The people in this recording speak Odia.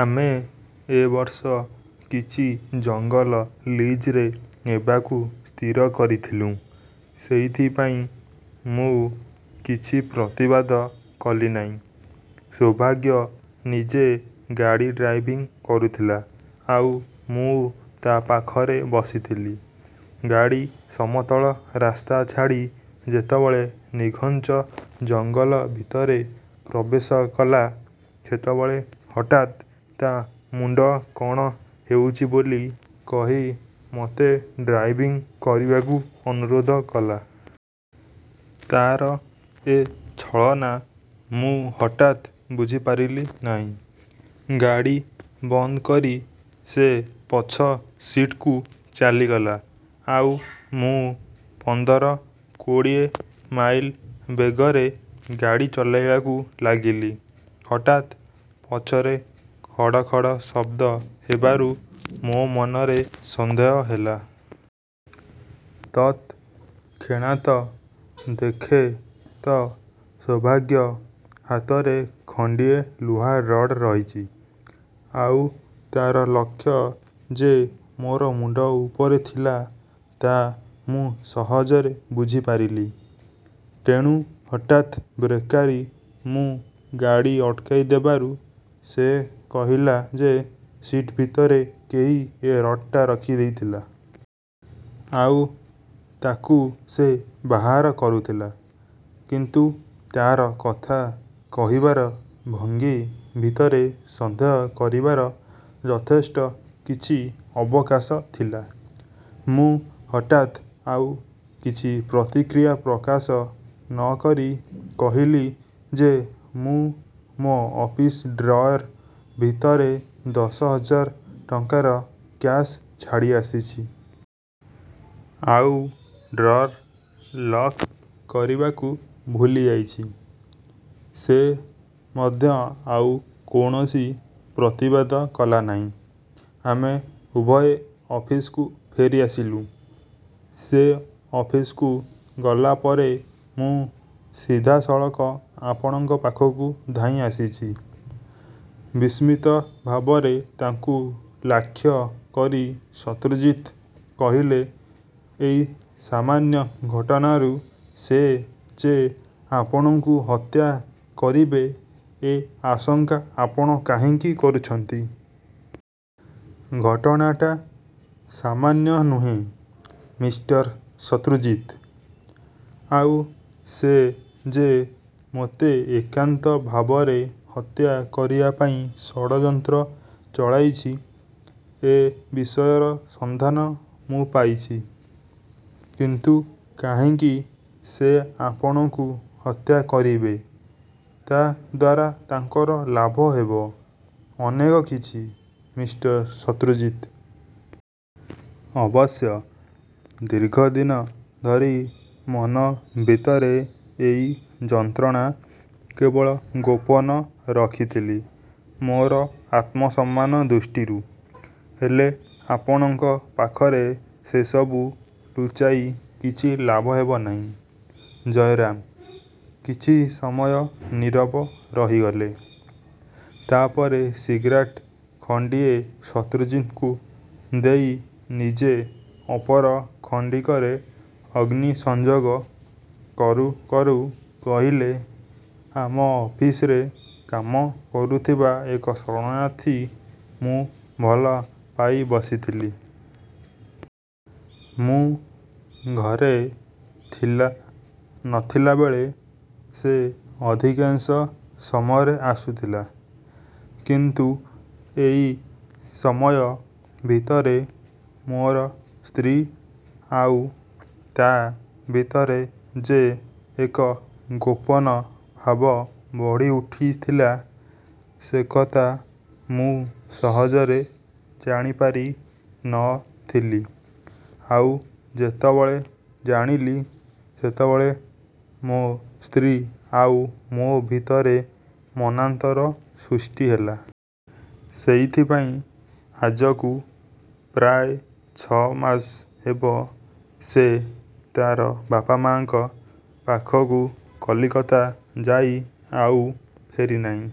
ଆମେ ଏ ବର୍ଷ କିଛି ଜଙ୍ଗଲ ଲିଜରେ ନେବାକୁ ସ୍ଥିର କରିଥିଲୁଁ । ସେଇଥିପାଇଁ ମୁଁ କିଛି ପ୍ରତିବାଦ କଲି ନାହିଁ। ସୌଭାଗ୍ୟ ନିଜେ ଗାଡ଼ି ଡ୍ରାଇଭିଂ କରୁଥିଲା ଆଉ ମୁଁ ତା ପାଖରେ ବସିଥିଲି। ଗାଡ଼ି ସମତଳ ରାସ୍ତା ଛାଡ଼ି ଯେତେବେଳେ ନିଘଞ୍ଚ ଜଙ୍ଗଲ ଭିତରେ ପ୍ରବେଶ କଲା ସେତେବେଳେ ହଠାତ୍ ତା ମୁଣ୍ତ କଣ ହେଉଛି ବୋଲି କହି ମୋତେ ଡ୍ରାଇଭିଂ କରିବାକୁ ଅନୁରୋଧ କଲା। ତା'ର ଏ ଛଳନା ମୁଁ ହାଠାତ୍ ବୁଝିପାରିଲି ନାହିଁ। ଗାଡ଼ି ବନ୍ଦ କରି ସେ ପଛ ସିଟ୍କୁ ଚାଲିଗଲା ଆଉ ମୁଁ ପନ୍ଦର, କୋଡୀଏ ମାଇଲ ବେଗରେ ଗାଡ଼ି ଚଳାଇବାକୁ ଲାଗିଲି। ହଠାତ୍ ପଛରେ ଖଡ଼ ଖଡ଼ ଶଦ୍ଦ ହେବାରୁ ମୋ ମନରେ ସନ୍ଦେହ ହେଲା। ତତ୍ ଖେଣାତ୍ ଦେଖେ ତ ସୌଭାଗ୍ୟ ହାତରେ ଖଣ୍ତିଏ ଲୁହା ରଡ୍ ରହିଛି। ଆଉ ତା'ର ଲକ୍ଷ୍ୟ ଯେ ମୋର ମୁଣ୍ତ ଉପରେ ଥିଲା ତା' ମୁଁ ସହଜରେ ବୁଝିପାରିଲି। ତେଣୁ ହଠାତ୍ ବ୍ରେକ୍ମାରି ମୁଁ ଗାଡ଼ି ଅଟକାଇଦେବାରୁ ସେ କହିଲା ଯେ ସିଟ୍ଭିତରେ କେହି ଏ ରଡ୍ଟା ରଖିଦେଇଥିଲା। ଆଉ ତାକୁ ସେ ବାହାର କରୁଥିଲା। କିନ୍ତୁ ତାର କଥା କହିବାର ଭଙ୍ଗୀ ଭିତରେ ସନ୍ଦେହ କରିବାର ଯଥେଷ୍ଟ କିଛି ଅବକାଶ ଥିଲା। ମୁଁ ହଠାତ୍ ଆଉ କିଛି ପ୍ରତିକ୍ରିୟା ପ୍ରକାଶ ନ କରି କହିଲି ଯେ ମୁ ମୋ ଅଫିସ ଡ୍ରଏର ଭିତରେ ଦଶ ହଜାର ଟଙ୍କାର କ୍ୟାସ ଛାଡ଼ିଆସିଛି। ଆଉ ଡ୍ରଏର ଲକ୍ କରିବାକୁ ଭୁଲିଯାଇଛି। ସେ ମଧ୍ୟ ଆଉ କୌଣସି ପ୍ରତିବାଦ କଲା ନାହିଁ। ଆମେ ଉଭୟେ ଅଫିସକୁ ଫେରିଆସିଲୁଁ। ସେ ଅଫିସକୁ ଗଲା ପରେ ମୁଁ ସିଧାସଳଖ ଆପଣଙ୍କ ପାଖକୁ ଧାଇଁଆସିଛି। ବିସ୍ମିତ ଭାବରେ ତାଙ୍କୁ ଲାକ୍ଷ୍ୟ କରି ଶତ୍ରୁଜିତ୍ କହିଲେ ଏଇ ସାମାନ୍ୟ ଘଟଣାରୁ ସେ ଯେ ଆପଣଙ୍କୁ ହତ୍ୟା କରିବେ ଏ ଆଶଙ୍କା ଆପଣ କାହିଁକି କରୁଛନ୍ତି? ଘଟଣାଟା ସାମାନ୍ୟ ନୁହେଁ, ମିଷ୍ଟର ଶତ୍ରୁଜିତ୍! ଆଉ ସେ ଯେ ମୋତେ ଏକାନ୍ତ ଭାବରେ ହତ୍ୟା କରିବାପାଇଁ ଷଡ଼ଯନ୍ତ୍ର ଚଳାଇଛି ଏ ବିଷୟର ସନ୍ଧାନ ମୁଁ ପାଇଛି। କିନ୍ତୁ କାହିଁକି ସେ ଆପଣଙ୍କୁ ହତ୍ୟା କରିବେ ତା ଦ୍ୱାରା ତାଙ୍କର ଲାଭ ହେବ? ଅନେକ କିଛି, ମିଷ୍ଟର ଶତ୍ରୁଜିତ୍! ଅବଶ୍ୟ ଦୀର୍ଘଦିନ ଧରି ମନ ଭିତରେ ଏଇ ଯନ୍ତ୍ରଣା କେବଳ ଗୋପନ ରଖିଥିଲି ମୋର ଆତ୍ମସମ୍ମାନ ଦୃଷ୍ଟିରୁ। ହେଲେ ଆପଣଙ୍କ ପାଖରେ ସେସବୁ ଲୁଚାଇ କିଛି ଲାଭ ହେବ ନାହିଁ। ଜୟରାମ କିଛି ସମୟ ନୀରବ ରହିଗଲେ। ତା' ପରେ ସିଗାରେଟ ଖଣ୍ତିଏ ଶତ୍ରୁଜିତ୍ ଦେଇ ନିଜେ ଅପର ଖଣ୍ତିକରେ ଅଗ୍ନି ସଂଯୋଗ କରୁ କରୁ କହିଲେ, ଆମ ଅଫିସରେ କାମ କରୁଥିବା ଏକ ଶରଣାର୍ଥୀ ମୁଁ ଭଲ ପାଇ ବସିଥିଲି। ମୁଁ ଘରେ ଥିଲା ନଥିଲାବେଳେ ସେ ଅଧିକାଂଶ ସମୟରେ ଆସୁଥିଲା। କିନ୍ତୁ ଏଇ ସମୟ ଭିତରେ ମୋର ସ୍ତ୍ରୀ ଆଉ ତା' ଭିତରେ ଯେ ଏକ ଗୋପନ ଭାବ ବଢ଼ିଉଠିଥିଲା ସେକଥା ମୁଁ ସହଜରେ ଜାଣିପାରି ନ ଥିଲି । ଆଉ ଯେତେବେଳେ ଜାଣିଲି, ସେତେବେଳେ ମୋ ସ୍ତ୍ରୀ ଆଉ ମୋ ଭିତରେ ମନାନ୍ତର ସୃଷ୍ଟି ହେଲା। ସେଇଥିପାଇଁ ଆଜକୁ ପ୍ରାୟ ଛ'ମାସ ହେବ ସେ ତା'ର ବାପମାଆଙ୍କ ପାଖକୁ କଲିକତା ଯାଇ ଆଉ ଫେରିନାହିଁ।